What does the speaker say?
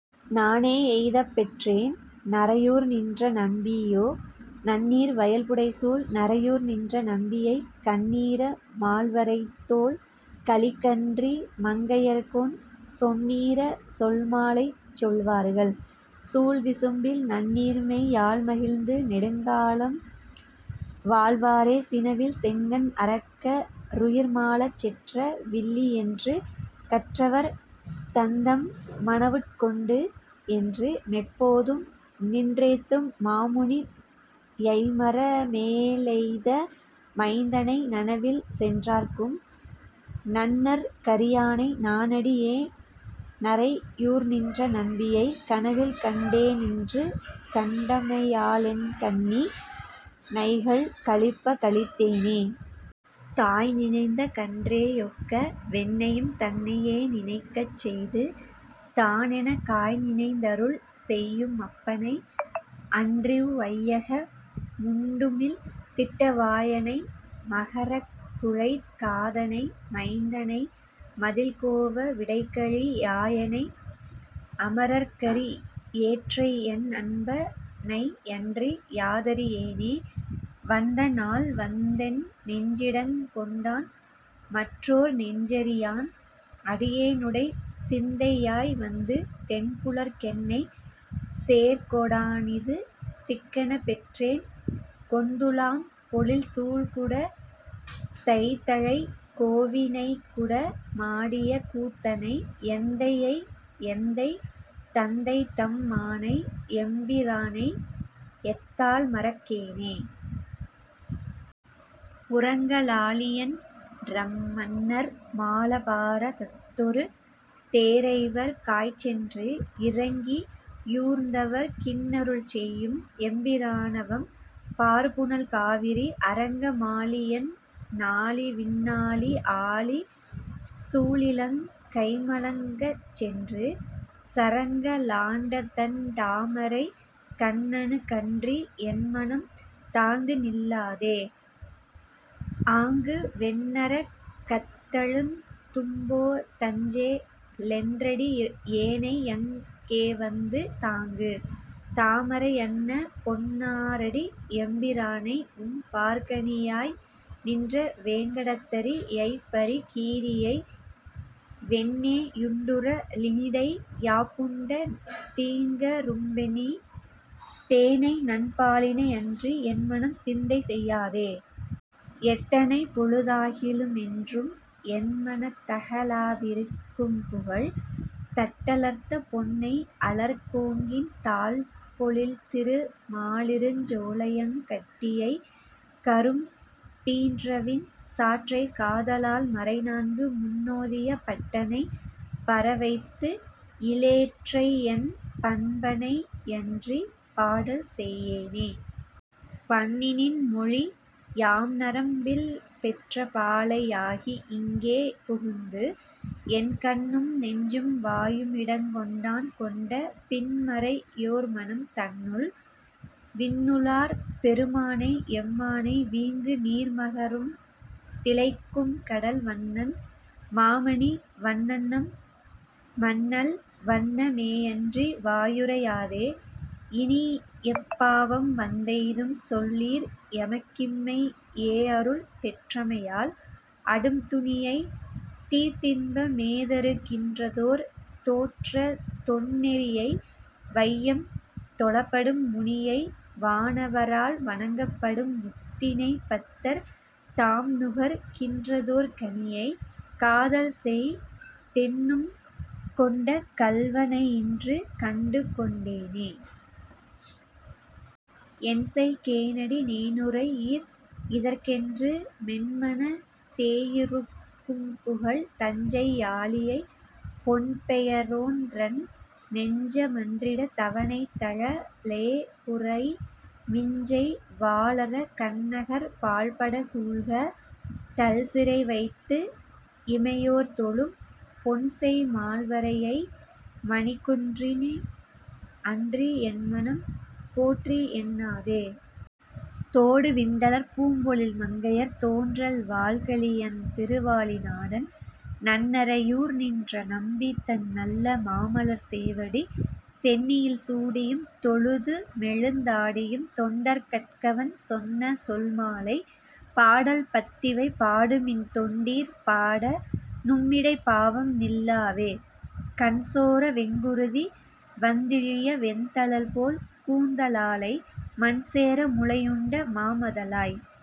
நானே யெய்தப்பெற்றேன் நறையூர்நின்ற நம்பீயோ. நன்னீர் வயல்புடைசூழ் நறையூர்நின்ற நம்பியை கன்னீர மால்வரைத்தோள் கலிகன்றி மங்கையர்கோன், சொன்னீர சொல்மாலை சொல்வார்கள், சூழ்விசும்பில் நன்னீர்மை யால்மகிழ்ந்து நெடுந்காலம் வாழ்வாரே சினவில் செங்கண் அரக்க ருயிர்மாளச் செற்ற வில்லியென்று கற்றவர் தந்தம் மனவுட் கொண்டு, என்று மெப்போதும் நின்றேத்தும் மாமுனி யைமர மேழெய்த மைந்தனை, நனவில் சென்றார்க்கும் நண்ணற் கரியானை நானடி யேன்நறை யூர்நின்ற நம்பியை, கனவில் கண்டே னின்றுகண் டமையாலென் கண்ணி ணைகள் களிப்பக் களித்தேனே.. தாய்நி னைந்தகன் றேயொக்க வென்னையும் தன்னை யேநினைக் கச்செய்து, தானெனக் காய்நி னைந்தருள் செய்யு மப்பனை அன்றிவ் வையக முண்டுமிழ்ந் திட்ட வாய னை, மக ரக்குழைக் காதனை மைந்த னைமதிள் கோவ லிடைகழி யாயனை, அம ரர்க்கரி யேற்றையென் அன்ப னையன்றி யாதரி யேனே. வந்த நாள்வந்தென் நெஞ்சிடங் கொண்டான் மற்றோர் நெஞ்சறி யான், அடி யேனுடைச் சிந்தை யாய்வந்து தென்புலர்க் கென்னைச் சேர்கொ டானிது சிக்கெனப் பெற்றேன், கொந்து லாம்பொழில் சூழ்குடந் தைத்தலைக் கோவி னைக்குட மாடிய கூத்தனை, எந்தை யையெந்தை தந்தைதம் மானை எம்பி ரானையெத் தால்மறக் கேனே?. உரங்க ளாலியன் றமன்னர் மாளப் பார தத்தொரு தேரைவர்க் காய்ச்சென்று, இரங்கி யூர்ந்தவர்க் கின்னருள் செய்யும் எம்பி ரானவம் பார்புனல் காவிரி, அரங்க மாளியென் னாளிவிண் ணாளி ஆழி சூழிலங் கைமலங் கச்சென்று, சரங்க ளாண்டதண் டாமரைக் கண்ணனுக் கன்றி யென்மனம் தாழ்ந்துநில் லாதே. ஆங்கு வெந்நர கத்தழுந் தும்போ தஞ்சே லென்றடி யேனையங் கேவந்து தாங்கு, தாமரை யன்னபொன் னாரடி எம்பி ரானை உம் பர்க்கணி யாய்நின்ற, வேங்கடத்தரி யைப்பரி கீறியை வெண்ணெ யுண்டுர லினிடை யாப்புண்ட தீங்க ரும்பினை, தேனைநன் பாலினை அன்றி யென்மனம் சிந்தைசெய் யாதே. எட்ட னைப்பொழு தாகிலு மென்றும் என்ம னத்தக லாதிருக் கும்புகழ், தட்ட லர்த்தபொன் னை அலர் கோங்கின் தாழ்பொ ழில்திரு மாலிருஞ் சோலையங் கட்டி யை, கரும் பீன்றவின் சாற்றைக் காத லால்மறை நான்குமுன் னோதிய பட்ட னை, பர வைத்துயி லேற்றையென் பண்ப னையன்றிப் பாடல்செய் யேனே. பண்ணி னின்மொழி யாம்நரம் பில்பெற்ற பாலை யாகி யிங்கே புகுந்து, என் கண்ணும் நெஞ்சும் வாயுமி டங்கொண்டான் கொண்ட பின்மறை யோர்மனம் தன்னுள், விண்ணு ளார்பெரு மானையெம் மானை வீங்கு நீர்மக ரம்திளைக் கும்கடல் வண்ணன் மாமணி வண்ணனெம் மண்ணல் வண்ண மேயன்றி வாயுரை யாதே. இனியெப் பாவம்வந் தெய்தும்சொல் லீர் எமக் கிம்மை யேயருள் பெற்றமை யால், அடும் துனியைத் தீர்த்தின்ப மேதரு கின்றதோர் தோற்றத் தொன்னெறி யை, வையம் தொழப்படும் முனியை வானவ ரால்வணங் கப்படும் முத்தி னைப்பத்தர் தாம்நுகர் கின்றதோர் கனியை, காதல்செய் தென்னுள்ளங் கொண்ட கள்வ னையின்று கண்டுகொண் டேனே. என்செய் கேனடி னேனுரை யீர் இதற் கென்று மென்மனத் தேயிருக் கும்புகழ், தஞ்சை யாளியைப் பொன்பெய ரோன்றன் நெஞ்ச மன்றிடந் தவனைத்தழ லேபுரை மிஞ்செய் வாளரக் கன்நகர் பாழ்படச் சூழ்க டல்சிறை வைத்து இமை யோர்தொழும், பொன்செய் மால்வரை யைமணிக் குன்றினை அன்றி யென்மனம் போற்றியென் னாதே. தோடு விண்டலர் பூம்பொழில் மங்கையர் தோன்றல் வாள்கலி யன்திரு வாலி நாடன், நன்னறை யூர்நின்ற நம்பிதன் நல்ல மாமலர் சேவடி, சென்னியில் சூடி யும்தொழு துமெழுந் தாடியும் தொண்டர் கட்கவன் சொன்னசொல் மாலை, பாடல் பத்திவை பாடுமின் தொண்டீர். பாட நும்மிடைப் பாவம்நில் லாவே. கண்சோர வெங்குருதி வந்திழிய வெந்தழல்போல் கூந்த லாளை, மண்சேர முலையுண்ட மாமதலாய்.